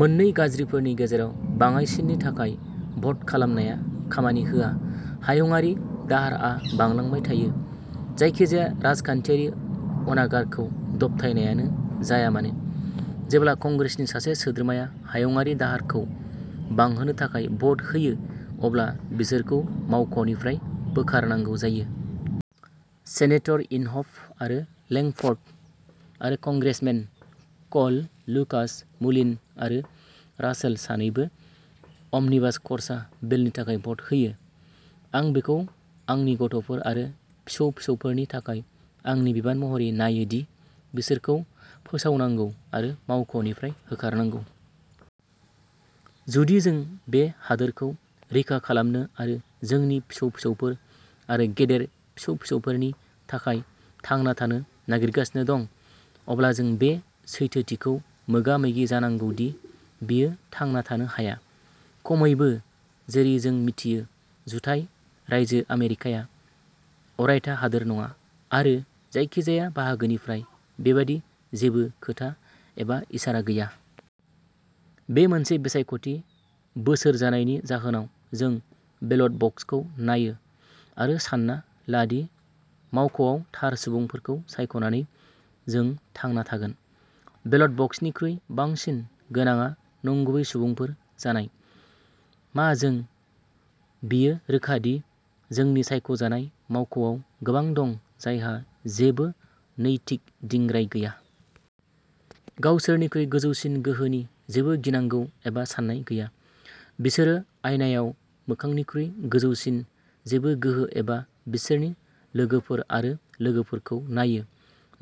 मोननै गाज्रिफोरनि गेजेराव बाङाइसिननि थाखाय भ'ट खालामनाया खामानि होआ, हायुंआरि दाहारआ बांलांबाय थायो, जायखिजाया राजखान्थियारि अनागारखौ दबथायनायानो जाया मानो। जेब्ला कंग्रेसनि सासे सोद्रोमाया हायुंआरि दाहारखौ बांहोनो थाखाय भ'ट होयो, अब्ला बिसोरखौ मावख'निफ्राय बोखारनांगौ जायो। सेनेटर इनहफ आरो लेंकफ'र्ड आरो कंग्रेसमेन क'ल, लुकास, मुलिन आरो रासेल सानैबो अमनिबास खर्सा बिलनि थाखाय भ'ट होयो। आं बेखौ आंनि गथ'फोर आरो फिसौ-फिसौफोरनि थाखाय आंनि बिबान महरै नायो दि बिसोरखौ फोसावनांगौ आरो मावख'निफ्राय होखारनांगौ। जुदि जों बे हादोरखौ रैखा खालामनो आरो जोंनि फिसौ-फिसौफोर आरो गेदेर फिसौ-फिसौफोरनि थाखाय थांना थानो नागिरगासिनो दं, अब्ला जों बे सैथोथिखौ मोगा-मोगि जानांगौ दि बेयो थांना थानो हाया! खमैबो, जेरै जों मिथियो। जुथाइ रायजो आमेरिकाया अरायथा हादोर नङा आरो जायखिजाया बाहागोनिफ्राय बेबादि जेबो खोथा एबा इसारा गैया। बे मोनसे बिसायख'थि बोसोर जानायनि जाहोनाव, जों बेलट बक्सखौ नायो आरो सानना ला दि मावख'आव थार सुबुंफोरखौ सायख'नानै जों थांना थागोन। बेलट बक्सनिख्रुइ बांसिन गोनांआ नंगुबै सुबुंफोर जानाय! मा जों? बेयो रोखा दि जोंनि सायख'जानाय मावख'आव गोबां दं जायहा जेबो नैतिक दिंग्राय गैया। गावसोरनिख्रुइ गोजौसिन गोहोनि जेबो गिनांगौ एबा सान्नाय गैया। बिसोरो आइनायाव मोखांनिख्रुइ गोजौसिन जेबो गोहो एबा बिसोरनि लोगोफोर आरो लोगोफोरखौ नायो।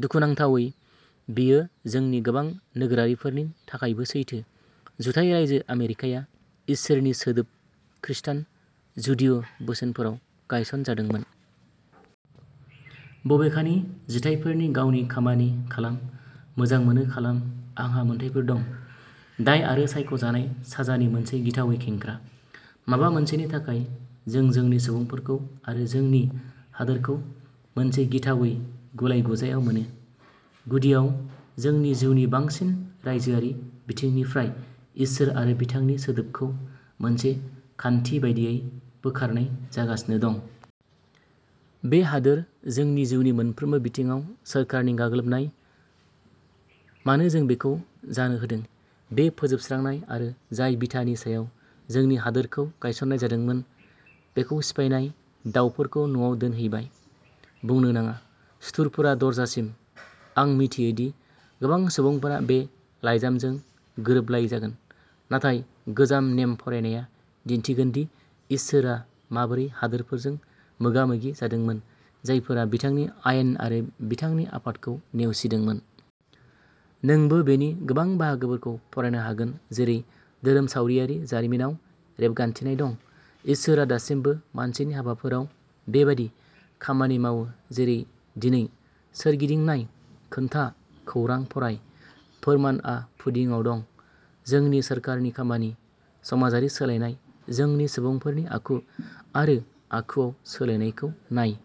दुखुनांथावै बेयो जोंनि गोबां नोगोरारिफोरनि थाखायबो सैथो। जुथाइ रायजो आमेरिकाया इसोरनि सोदोब-- खृस्टान/जुडिय'बोसोनफोराव गायसनजादोंमोन। बबेखानि, जिथायफोरनि "गावनि खामानि खालाम", "मोजां मोनो, खालाम", "आंहा मोनथायफोर दं", दाय आरो सायख'जानाय साजानि मोनसे गिथावै खेंख्रा, माबा मोनसेनि थाखाय, जों जोंनि सुबुंफोरखौ आरो जोंनि हादोरखौ मोनसे गिथावै गुलाय-गुजायाव मोनो। गुदियाव, जोंनि जिउनि बांसिन रायजोआरि बिथिंनिफ्राय इसोर आरो बिथांनि सोदोबखौ मोनसे खान्थि बायदियै बोखारनाय जागासिनो दं। बे हादोर। जोंनि जिउनि मोनफ्रोमबो बिथिङाव सोरखारनि गाग्लोबनाय। मानो जों बेखौ जानो होदों? बे फोजोबस्रांनाय आरो जाय बिथानि सायाव जोंनि हादोरखौ गायसननाय जादोंमोन, बेखौ सिफायनाय, दावफोरखौ न'आव दोनहैबाय। बुंनो नाङा, सुथुरफोरा दरजासिम। आं मिथियो दि गोबां सुबुंफोरा बे लाइजामजों गोरोबलायै जागोन, नाथाय गोजाम नेम फरायनाया दिन्थिगोनदि इसोरआ माबोरै हादोरफोरजों मोगा-मोगि जादोंमोन जायफोरा बिथांनि आयेन आरो बिथांनि आफादखौ नेवसिदोंमोन। नोंबो बेनि गोबां बाहागोखौ फरायनो हागोन जेरै धोरोमसावरियारि जारिमिनाव रेबगान्थिनाय दं। इसोरआ दासिमबो मानसिनि हाबाफोराव बेबादि खामानि मावो जेरै दिनै। सोरगिदिं नाय, खोनथा, खौरां फराय। फोरमानआ पुडिंआव दं! जोंनि सोरखारनि खामानि, समाजारि सोलायनाय, जोंनि सुबुंफोरनि आखु आरो आखुआव सोलायनायखौ नाय।